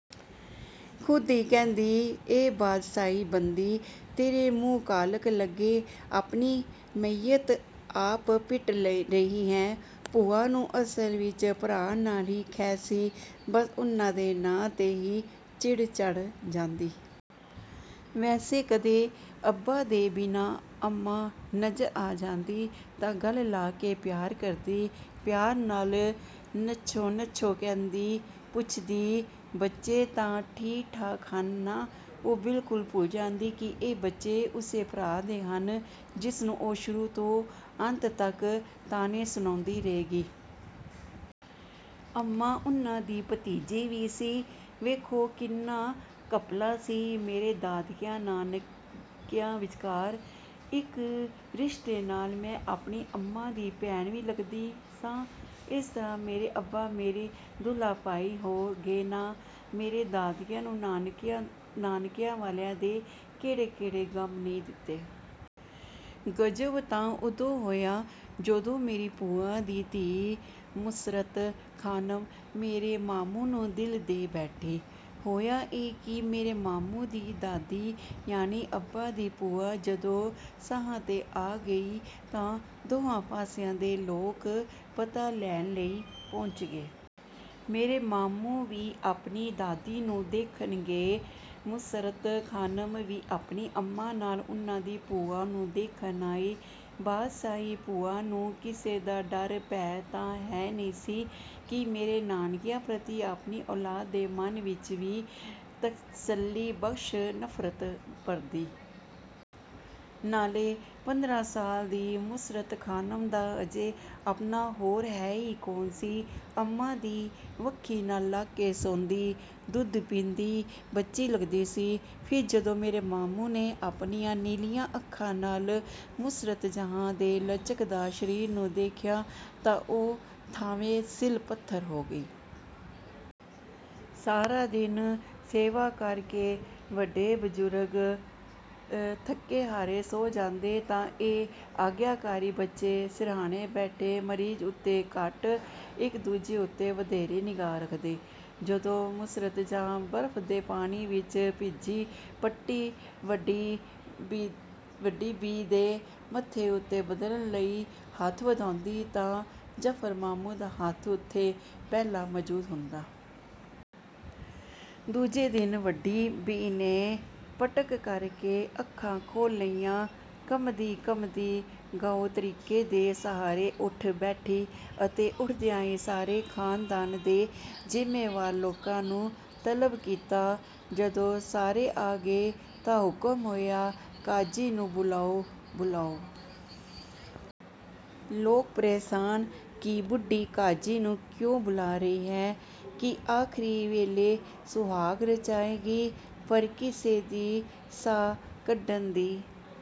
ਖ਼ੁਦ ਹੀ ਕਹਿੰਦੀ, ''ਐ ਬਾਦਸ਼ਾਹੀ ਬੰਦੀ, ਤੇਰੇ ਮੂੰਹ ਕਾਲਖ ਲੱਗੇ। ਆਪਣੀ ਮਈਅਤ ਆਪ ਪਿੱਟ ਰਹੀ ਹੈਂ।'' ਭੂਆ ਨੂੰ ਅਸਲ ਵਿੱਚ ਭਰਾ ਨਾਲ ਹੀ ਖਹਿ ਸੀ। ਬਸ ਉਨ੍ਹਾਂ ਦੇ ਨਾਂ 'ਤੇ ਹੀ ਚਿੜ-ਚੜ੍ਹ ਜਾਂਦੀ। ਵੈਸੇ ਕਦੇ ਅੱਬਾ ਦੇ ਬਿਨਾਂ ਅੰਮਾਂ ਨਜ਼ਰ ਆ ਜਾਂਦੀ ਤਾਂ ਗਲ ਲਾ ਕੇ ਪਿਆਰ ਕਰਦੀ। ਪਿਆਰ ਨਾਲ ''ਨੱਛੋ ਨੱਛੋ'' ਕਹਿੰਦੀ। ਪੁੱਛਦੀ, ''ਬੱਚੇ ਤਾਂ ਠੀਕ-ਠਾਕ ਹਨ ਨਾ?" ਉਹ ਬਿਲਕੁਲ ਭੁੱਲ ਜਾਂਦੀ ਕਿ, ਇਹ ਬੱਚੇ ਉਸੇ ਭਰਾ ਦੇ ਹਨ ਜਿਸ ਨੂੰ ਉਹ ਸ਼ੁਰੂ ਤੋਂ ਅੰਤ ਤੱਕ ਤਾਣੇ ਸੁਣਾਉਂਦੀ ਰਹੇਗੀ। ਅੰਮਾਂ ਉਨ੍ਹਾਂ ਦੀ ਭਤੀਜੀ ਵੀ ਸੀ - ਵੇਖੋ ਕਿੰਨਾ ਘਪਲਾ ਸੀ ਮੇਰੇ ਦਾਦਕਿਆਂ, ਨਾਨਕਿਆਂ ਵਿਚਕਾਰ! ਇੱਕ ਰਿਸ਼ਤੇ ਨਾਲ ਮੈਂ ਆਪਣੀ ਅੰਮਾਂ ਦੀ ਭੈਣ ਵੀ ਲੱਗਦੀ ਸਾਂ। ਇਸ ਤਰ੍ਹਾਂ ਮੇਰੇ ਅੱਬਾ ਮੇਰੇ ਦੂਲਹਾ ਭਾਈ ਹੋ ਗਏ ਨਾ ਮੇਰੇ ਦਾਦਕਿਆਂ ਨੂੰ ਨਾਨਕਿਆਂ ਵਾਲਿਆਂ ਨੇ ਕਿਹੜੇ-ਕਿਹੜੇ ਗ਼ਮ ਨਹੀਂ ਦਿੱਤੇ। ਗ਼ਜ਼ਬ ਤਾਂ ਉਦੋਂ ਹੋਇਆ ਜਦੋਂ ਮੇਰੀ ਭੂਆ ਦੀ ਧੀ ਮੁਸੱਰਤ ਖ਼ਾਨਮ ਮੇਰੇ ਮਾਮੂ ਨੂੰ ਦਿਲ ਦੇ ਬੈਠੀ। ਹੋਇਆ ਇਹ ਕਿ ਮੇਰੇ ਮਾਮੂ ਦੀ ਦਾਦੀ, ਯਾਨੀ ਅੱਬਾ ਦੀ ਭੂਆ ਜਦੋਂ ਸਾਹਾਂ 'ਤੇ ਆ ਗਈ ਤਾਂ ਦੋਵਾਂ ਪਾਸਿਆਂ ਦੇ ਲੋਕ ਪਤਾ ਲੈਣ ਲਈ ਪਹੁੰਚ ਗਏ। ਮੇਰੇ ਮਾਮੂ ਵੀ ਆਪਣੀ ਦਾਦੀ ਨੂੰ ਦੇਖਣ ਗਏ। ਮੁਸੱਰਤ ਖ਼ਾਨਮ ਵੀ ਆਪਣੀ ਅੰਮਾਂ ਨਾਲ ਉਨ੍ਹਾਂ ਦੀ ਭੂਆ ਨੂੰ ਦੇਖਣ ਆਈ। ਬਾਦਸ਼ਾਹੀ ਭੂਆ ਨੂੰ ਕਿਸੇ ਦਾ ਡਰ-ਭੈਅ ਤਾਂ ਹੈ ਨਹੀਂ ਸੀ ਕਿ ਮੇਰੇ ਨਾਨਕਿਆਂ ਪ੍ਰਤੀ ਆਪਣੀ ਔਲਾਦ ਦੇ ਮਨ ਵਿੱਚ ਵੀ ਤਸੱਲੀਬਖ਼ਸ਼ ਨਫ਼ਰਤ ਭਰਦੀ। ਨਾਲੇ ਪੰਦਰਾਂ ਸਾਲ ਦੀ ਮੁਸੱਰਤ ਖ਼ਾਨਮ ਦਾ ਅਜੇ ਆਪਣਾ ਹੋਰ ਹੈ ਹੀ ਕੌਣ ਸੀ। ਅੰਮਾਂ ਦੀ ਵੱਖੀ ਨਾਲ ਲੱਗ ਕੇ ਸੌਂਦੀ, ਦੁੱਧ ਪੀਂਦੀ ਬੱਚੀ ਲੱਗਦੀ ਸੀ। ਫਿਰ ਜਦੋਂ ਮੇਰੇ ਮਾਮੂ ਨੇ ਆਪਣੀਆਂ ਨੀਲੀਆਂ ਅੱਖਾਂ ਨਾਲ ਮੁਸੱਰਤ ਜਹਾਂ ਦੇ ਲਚਕਦਾਰ ਸਰੀਰ ਨੂੰ ਦੇਖਿਆ ਤਾਂ ਉਹ ਥਾਂਵੇਂ ਸਿਲ-ਪੱਥਰ ਹੋ ਗਈ। ਸਾਰਾ ਦਿਨ ਸੇਵਾ ਕਰ ਕੇ ਵੱਡੇ ਬਜ਼ੁਰਗ ਥੱਕੇ-ਹਾਰੇ ਸੌਂ ਜਾਂਦੇ ਤਾਂ ਇਹ ਆਗਿਆਕਾਰੀ ਬੱਚੇ ਸਿਰਹਾਣੇ ਬੈਠੇ, ਮਰੀਜ਼ ਉੱਤੇ ਘੱਟ, ਇੱਕ-ਦੂਜੇ ਉੱਤੇ ਵਧੇਰੇ ਨਿਗਾਹ ਰੱਖਦੇ। ਜਦੋਂ ਮੁਸੱਰਤ ਜਹਾਂ ਬਰਫ਼ ਦੇ ਪਾਣੀ ਵਿੱਚ ਭਿੱਜੀ ਪੱਟੀ ਵੱਡੀ ਬੀ ਦੇ ਮੱਥੇ ਉੱਤੇ ਬਦਲਣ ਲਈ ਹੱਥ ਵਧਾਉਂਦੀ ਤਾਂ ਜਫ਼ਰ ਮਾਮੂ ਦਾ ਹੱਥ ਉੱਥੇ ਪਹਿਲਾਂ ਮੌਜੂਦ ਹੁੰਦਾ। ਦੂਜੇ ਦਿਨ ਵੱਡੀ ਬੀ ਨੇ ਪਟਕ ਕਰ ਕੇ ਅੱਖਾਂ ਖੋਲ੍ਹ ਲਈਆਂ। ਕੰਬਦੀ-ਕੰਬਦੀ ਗਾਉ ਤਕੀਏ ਦੇ ਸਹਾਰੇ ਉੱਠ ਬੈਠੀ ਅਤੇ ਉੱਠਦਿਆਂ ਹੀ ਸਾਰੇ ਖ਼ਾਨਦਾਨ ਦੇ ਜ਼ਿੰਮੇਵਾਰ ਲੋਕਾਂ ਨੂੰ ਤਲਬ ਕੀਤਾ। ਜਦੋਂ ਸਾਰੇ ਆ ਗਏ ਤਾਂ ਹੁਕਮ ਹੋਇਆ, ''ਕਾਜ਼ੀ ਨੂੰ ਬੁਲਾਓ''ਬੁਲਾਓ।" ਲੋਕ ਪਰੇਸ਼ਾਨ ਕਿ ਬੁੱਢੀ ਕਾਜ਼ੀ ਨੂੰ ਕਿਉਂ ਬੁਲਾ ਰਹੀ ਹੈ। ਕੀ ਆਖ਼ਰੀ ਵੇਲੇ ਸੁਹਾਗ ਰਚਾਏਗੀ? ਪਰ ਕਿਸੇ ਦੀ ਸਾਹ ਕੱਢਣ ਦੀ